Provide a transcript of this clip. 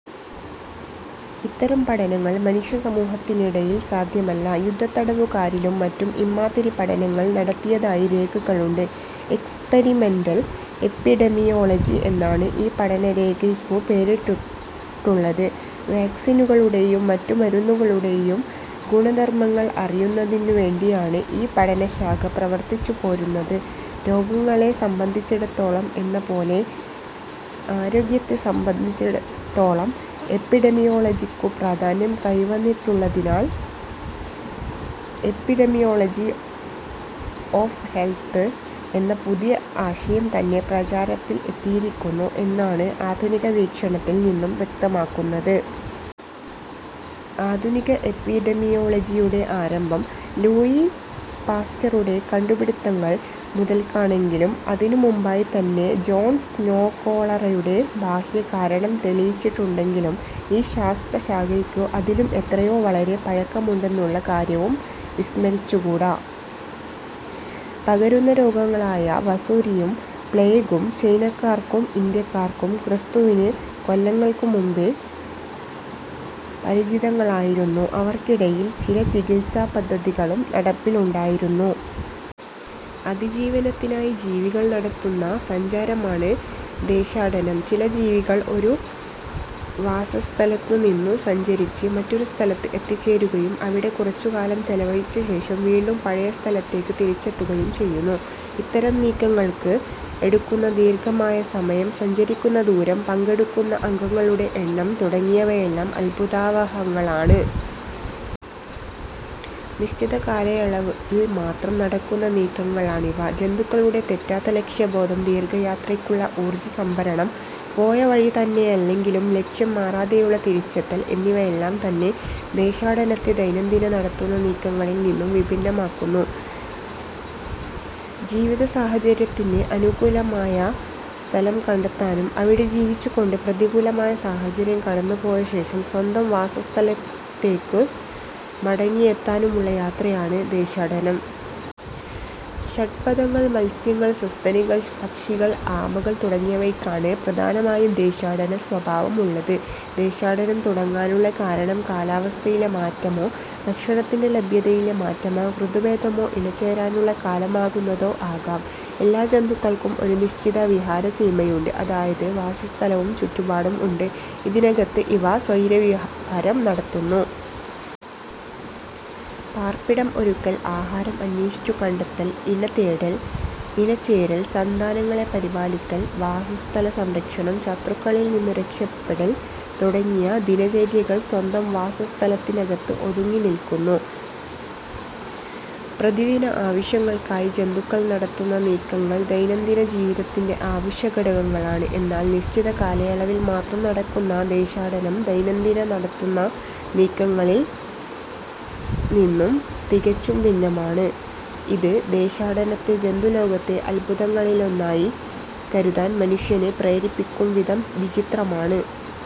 ഇത്തരം പഠനങ്ങൾ മനുഷ്യ സമൂഹത്തിനിടയിൽ സാധ്യമല്ല. യുദ്ധത്തടവുകാരിലും മറ്റും ഇമ്മാതിരി പഠനങ്ങൾ നടത്തിയതായി രേഖകളുണ്ട്. എക്സ്പരിമെന്റൽ എപ്പിഡെമിയോളജി എന്നാണ് ഈ പഠനശാഖയ്ക്കു പേരിട്ടിട്ടുള്ളത്. വാക്സിനുകളുടെയും മറ്റുമരുന്നുകളുടെയും ഗുണധർമങ്ങൾ അറിയുന്നതിനു വേണ്ടിയാണ് ഈ പഠന ശാഖ പ്രവർത്തിച്ചുപോരുന്നത്. രോഗങ്ങളെ സംബന്ധിച്ചിടത്തോളം എന്നപോലെ ആരോഗ്യത്തെ സംബന്ധിച്ചിടത്തോളവും എപ്പിഡെമിയോളജിക്കു പ്രാധാന്യം കൈവന്നിട്ടുള്ളതിനാൽ എപ്പിഡമിയോളജി ഒഫ് ഹെൽത്ത് എന്ന പുതിയ ആശയം തന്നെ പ്രചാരത്തിൽ എത്തിയിരിക്കുന്നു എന്നാണ് ആധുനിക വീക്ഷണത്തിൽ നിന്നു വ്യക്തമാകുന്നത്. ആധുനിക എപ്പിഡെമിയോളജിയുടെ ആരംഭം ലൂയീപാസ്റ്ററുടെ കണ്ടുപിടിത്തങ്ങൾ മുതൽക്കാണെങ്കിലും അതിനു മുമ്പായിതന്നെ ജോൺ സ്നോ കോളറയുടെ ബാഹ്യകാരണം തെളിയിച്ചിട്ടുണ്ടെങ്കിലും ഈ ശാസ്ത്രശാഖയ്ക്ക് അതിലും എത്രയോ വളരെ പഴക്കമുണ്ടെന്നുള്ള കാര്യവും വിസ്മരിച്ചുകൂട. പകരുന്ന രോഗങ്ങളായ വസൂരിയും, പ്ലേഗും ചൈനക്കാർക്കും ഇന്ത്യക്കാർക്കും ക്രിസ്തുവിന് കൊല്ലങ്ങൾക്കു മുമ്പേ പരിചിതങ്ങളായിരുന്നു; അവർക്കിടയിൽ ചില ചികിത്സാപദ്ധതികളും നടപ്പിലുണ്ടായിരുന്നു. അതിജീവനത്തിനായി ജീവികൾ നടത്തുന്ന സഞ്ചാരമാണ് ദേശാടനം. ചില ജീവികൾ ഒരു വാസസ്ഥലത്തുനിന്നു സഞ്ചരിച്ച് മറ്റൊരു സ്ഥലത്ത് എത്തിച്ചേരുകയും അവിടെ കുറച്ചുകാലം ചെലവഴിച്ചശേഷം വീണ്ടും പഴയ സ്ഥലത്തേക്കു തിരിച്ചെത്തുകയും ചെയ്യുന്നു. ഇത്തരം നീക്കങ്ങൾക്ക് എടുക്കുന്ന ദീർഘമായ സമയം, സഞ്ചരിക്കുന്ന ദൂരം, പങ്കെടുക്കുന്ന അംഗങ്ങളുടെ എണ്ണം തുടങ്ങിയവയെല്ലാം അത്ഭുതാവഹങ്ങളാണ്. നിശ്ചിത കാലയളവിൽമാത്രം നടക്കുന്ന നീക്കങ്ങളാണിവ. ജന്തുക്കളുടെ തെറ്റാത്ത ലക്ഷ്യബോധം ദീർഘയാത്രയ്ക്കുള്ള ഊർജസംഭരണം, പോയവഴിതന്നെയല്ലെങ്കിലും ലക്ഷ്യം മാറാതെയുള്ള തിരിച്ചെത്തൽ എന്നിവയെല്ലാംതന്നെ ദേശാടനത്തെ ദൈനംദിനം നടത്തുന്ന നീക്കങ്ങളിൽനിന്നു വിഭിന്നമാക്കുന്നു. ജീവിതസാഹചര്യത്തിന് അനുകൂലമായ സ്ഥലം കണ്ടെത്താനും അവിടെ ജീവിച്ചുകൊണ്ട് പ്രതികൂലമായ സാഹചര്യം കടന്നുപോയശേഷം സ്വന്തം വാസസ്ഥലത്തേക്കു മടങ്ങിയെത്താനുമുള്ള യാത്രയാണ് ദേശാടനം. ഷഡ്പദങ്ങൾ, മത്സ്യങ്ങൾ, സസ്തനികൾ, പക്ഷികൾ, ആമകൾ തുടങ്ങിയവയ്ക്കാണ് പ്രധാനമായും ദേശാടനസ്വഭാവമുള്ളത്. ദേശാടനം തുടങ്ങാനുള്ള കാരണം കാലാവസ്ഥയിലെ മാറ്റമോ, ഭക്ഷണത്തിന്റെ ലഭ്യതയിലെ മാറ്റമോ, ഋതുഭേദമോ, ഇണചേരാനുള്ള കാലമാകുന്നതോ ആകാം. എല്ലാ ജന്തുക്കൾക്കും ഒരു നിശ്ചിത വിഹാരസീമയുണ്ട്; അതായത്, വാസസ്ഥലവും ചുറ്റുപാടും ഉണ്ട്. ഇതിനകത്ത് ഇവ സ്വൈരവിഹാരം നടത്തുന്നു. പാർപ്പിടം ഒരുക്കൽ, ആഹാരം അന്വേഷിച്ചുകണ്ടെത്തൽ, ഇണതേടൽ, ഇണചേരൽ, സന്താനങ്ങളെ പരിപാലിക്കൽ, വാസസ്ഥലസംരക്ഷണം, ശത്രുക്കളിൽനിന്നു രക്ഷപ്പെടൽ തുടങ്ങിയ ദിനചര്യകൾ സ്വന്തം വാസസ്ഥലത്തിനകത്ത് ഒതുങ്ങിനില്ക്കുന്നു. പ്രതിദിന ആവശ്യങ്ങൾക്കായി ജന്തുക്കൾ നടത്തുന്ന നീക്കങ്ങൾ ദൈനംദിനജീവിതത്തിന്റെ അവശ്യഘടകങ്ങളാണ്. എന്നാൽ നിശ്ചിത കാലയളവിൽമാത്രം നടക്കുന്ന ദേശാടനം ദൈനംദിനം നടത്തുന്ന നീക്കങ്ങളിൽനിന്നു തികച്ചും ഭിന്നമാണ്. ഇത് ദേശാടനത്തെ ജന്തുലോകത്തെ അത്ഭുതങ്ങളിലൊന്നായി കരുതാൻ മനുഷ്യനെ പ്രേരിപ്പിക്കുംവിധം വിചിത്രമാണ്.